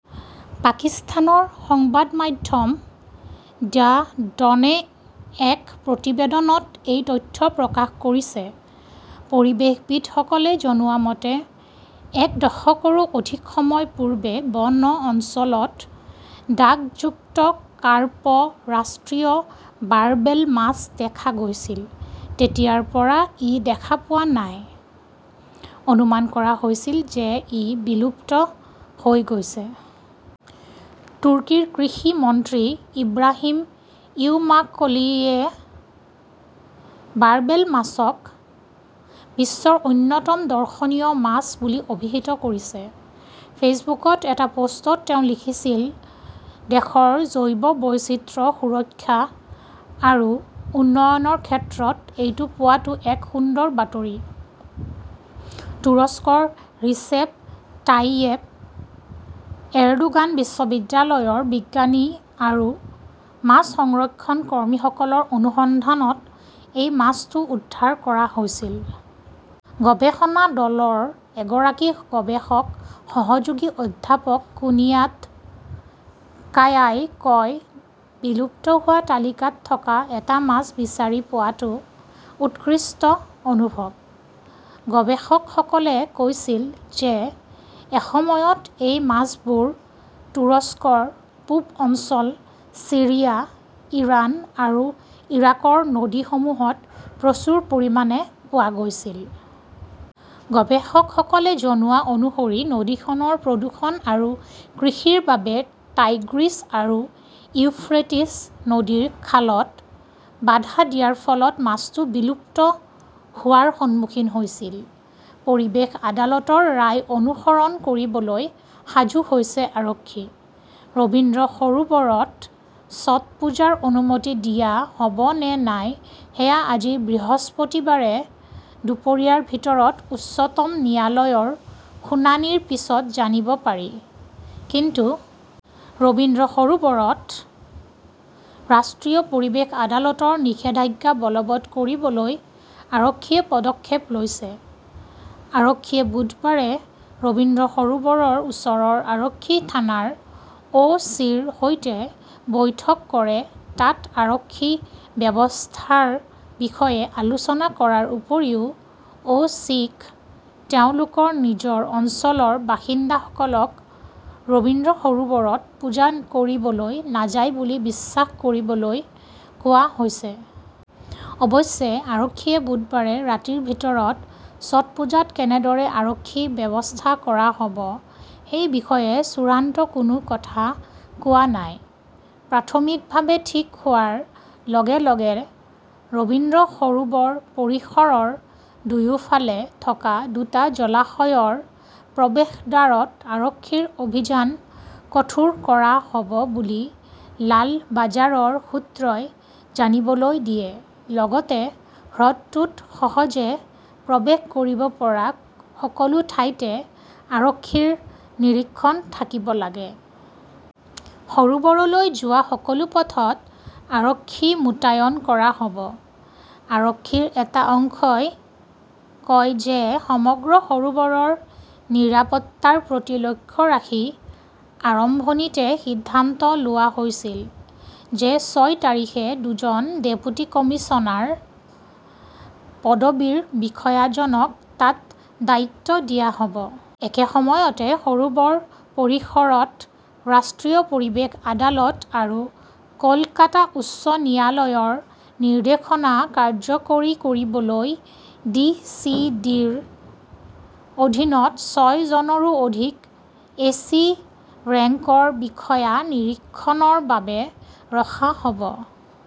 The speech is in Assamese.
পাকিস্তানৰ সংবাদ মাধ্যম দ্য ডনে এক প্ৰতিবেদনত এই তথ্য প্ৰকাশ কৰিছে। পৰিৱেশবিদসকলে জনোৱা মতে, এক দশকৰো অধিক সময় পূৰ্বে বন অঞ্চলত দাগযুক্ত কাৰ্প ৰাষ্ট্ৰীয় বাৰ্বেল মাছ দেখা গৈছিল। তেতিয়াৰ পৰা ই দেখা পোৱা নাই, অনুমান কৰা হৈছিল যে ই বিলুপ্ত হৈ গৈছে। তুৰ্কীৰ কৃষি মন্ত্ৰী ইব্ৰাহিম ইউমাকলীয়ে বাৰ্বেল মাছক বিশ্বৰ অন্যতম দৰ্শনীয় মাছ বুলি অভিহিত কৰিছে। ফেচবুকত এটা পোষ্টত তেওঁ লিখিছিল দেশৰ জৈৱ বৈচিত্ৰ্য সুৰক্ষা আৰু উন্নয়নৰ ক্ষেত্ৰত এইটো পোৱাটো এক সুন্দৰ বাতৰি। তুৰস্কৰ ৰিচেপ তাইয়েপ এৰডোগান বিশ্ববিদ্যালয়ৰ বিজ্ঞানী আৰু মাছ সংৰক্ষণ কৰ্মীসকলৰ অনুসন্ধানত এই মাছটো উদ্ধাৰ কৰা হৈছিল। গৱেষণা দলৰ এগৰাকী গৱেষক সহযোগী অধ্যাপক কুনিয়াত কায়াই কয়, বিলুপ্ত হোৱা তালিকাত থকা এটা মাছ বিচাৰি পোৱাটো উৎকৃষ্ট অনুভৱ। গৱেষকসকলে কৈছিল যে এসময়ত এই মাছবোৰ তুৰস্কৰ পূব অঞ্চল ছিৰিয়া, ইৰাণ আৰু ইৰাকৰ নদীসমূহত প্ৰচুৰ পৰিমাণে পোৱা গৈছিল। গৱেষকসকলে জনোৱা অনুসৰি নদীখনৰ প্ৰদূষণ আৰু কৃষিৰ বাবে টাইগ্ৰিছ আৰু ইউফ্ৰেটিছ নদীৰ খালত বাধা দিয়াৰ ফলত মাছটো বিলুপ্ত হোৱাৰ সন্মুখীন হৈছিল। পৰিৱেশ আদালতৰ ৰায় অনুসৰণ কৰিবলৈ সাজু হৈছে আৰক্ষী ।ৰবীন্দ্ৰ সৰোবৰত ছটপুজাৰ অনুমতি দিয়া হ'ব নে নাই সেয়া আজি বৃহস্পতিবাৰে দুপৰীয়াৰ ভিতৰত উচ্চতম ন্যায়ালয়ৰ শুনানিৰ পিছত জানিব পাৰি ।কিন্তু ৰবীন্দ্ৰ সৰোবৰত ৰাষ্ট্ৰীয় পৰিৱেশ আদালতৰ নিষেধাজ্ঞা বলৱৎ কৰিবলৈ আৰক্ষীয়ে পদক্ষেপ লৈছে। আৰক্ষীয়ে বুধবাৰে ৰবীন্দ্ৰ সৰোবৰৰ ওচৰৰ আৰক্ষী থানাৰ অ চি ৰ সৈতে বৈঠক কৰে তাত আৰক্ষী ব্যৱস্থাৰ বিষয়ে আলোচনা কৰাৰ উপৰিও অ চি ক তেওঁলোকৰ নিজৰ অঞ্চলৰ বাসিন্দাসকলক ৰবীন্দ্ৰ সৰোবৰত পূজা কৰিবলৈ নাযায় বুলি বিশ্বাস কৰিবলৈ কোৱা হৈছে। অৱশ্যে আৰক্ষীয়ে বুধবাৰে ৰাতিৰ ভিতৰত ছটপুজাত কেনেদৰে আৰক্ষী ব্যৱস্থা কৰা হ'ব সেই বিষয়ে চূড়ান্ত কোনো কথা কোৱা নাই। প্ৰাথমিকভাৱে ঠিক হোৱাৰ লগে -লগে ৰবীন্দ্ৰ সৰোবৰ পৰিসৰৰ দুয়োফালে থকা দুটা জলাশয়ৰ প্ৰৱেশদ্বাৰত আৰক্ষীৰ অভিযান কঠোৰ কৰা হ'ব বুলি লালবাজাৰৰ সূত্ৰই জানিবলৈ দিয়ে, লগতে হ্ৰদটোত সহজে প্ৰৱেশ কৰিব পৰা সকলো ঠাইতে আৰক্ষীৰ নিৰীক্ষণ থাকিব লাগে। সৰোবৰলৈ যোৱা সকলো পথত আৰক্ষী মোতায়ন কৰা হ'ব। আৰক্ষীৰ এটা অংশই কয় যে সমগ্ৰ সৰোবৰৰ নিৰাপত্তাৰ প্ৰতি লক্ষ্য ৰাখি আৰম্ভণিতে সিদ্ধান্ত লোৱা হৈছিল যে ছয় তাৰিখে দুজন ডেপুটি কমিছনাৰ পদবীৰ বিষয়াজনক তাত দায়িত্ব দিয়া হ 'ব। একে সময়তে, সৰোবৰ পৰিসৰত ৰাষ্ট্ৰীয় পৰিৱেশ আদালত আৰু কলকাতা উচ্চ ন্যায়ালয়ৰ নিৰ্দেশনা কাৰ্যকৰী কৰিবলৈ ডিচিডিৰ অধীনত ছয়জনৰো অধিক এচি ৰেংকৰ বিষয়া নিৰীক্ষণৰ বাবে ৰখা হ 'ব।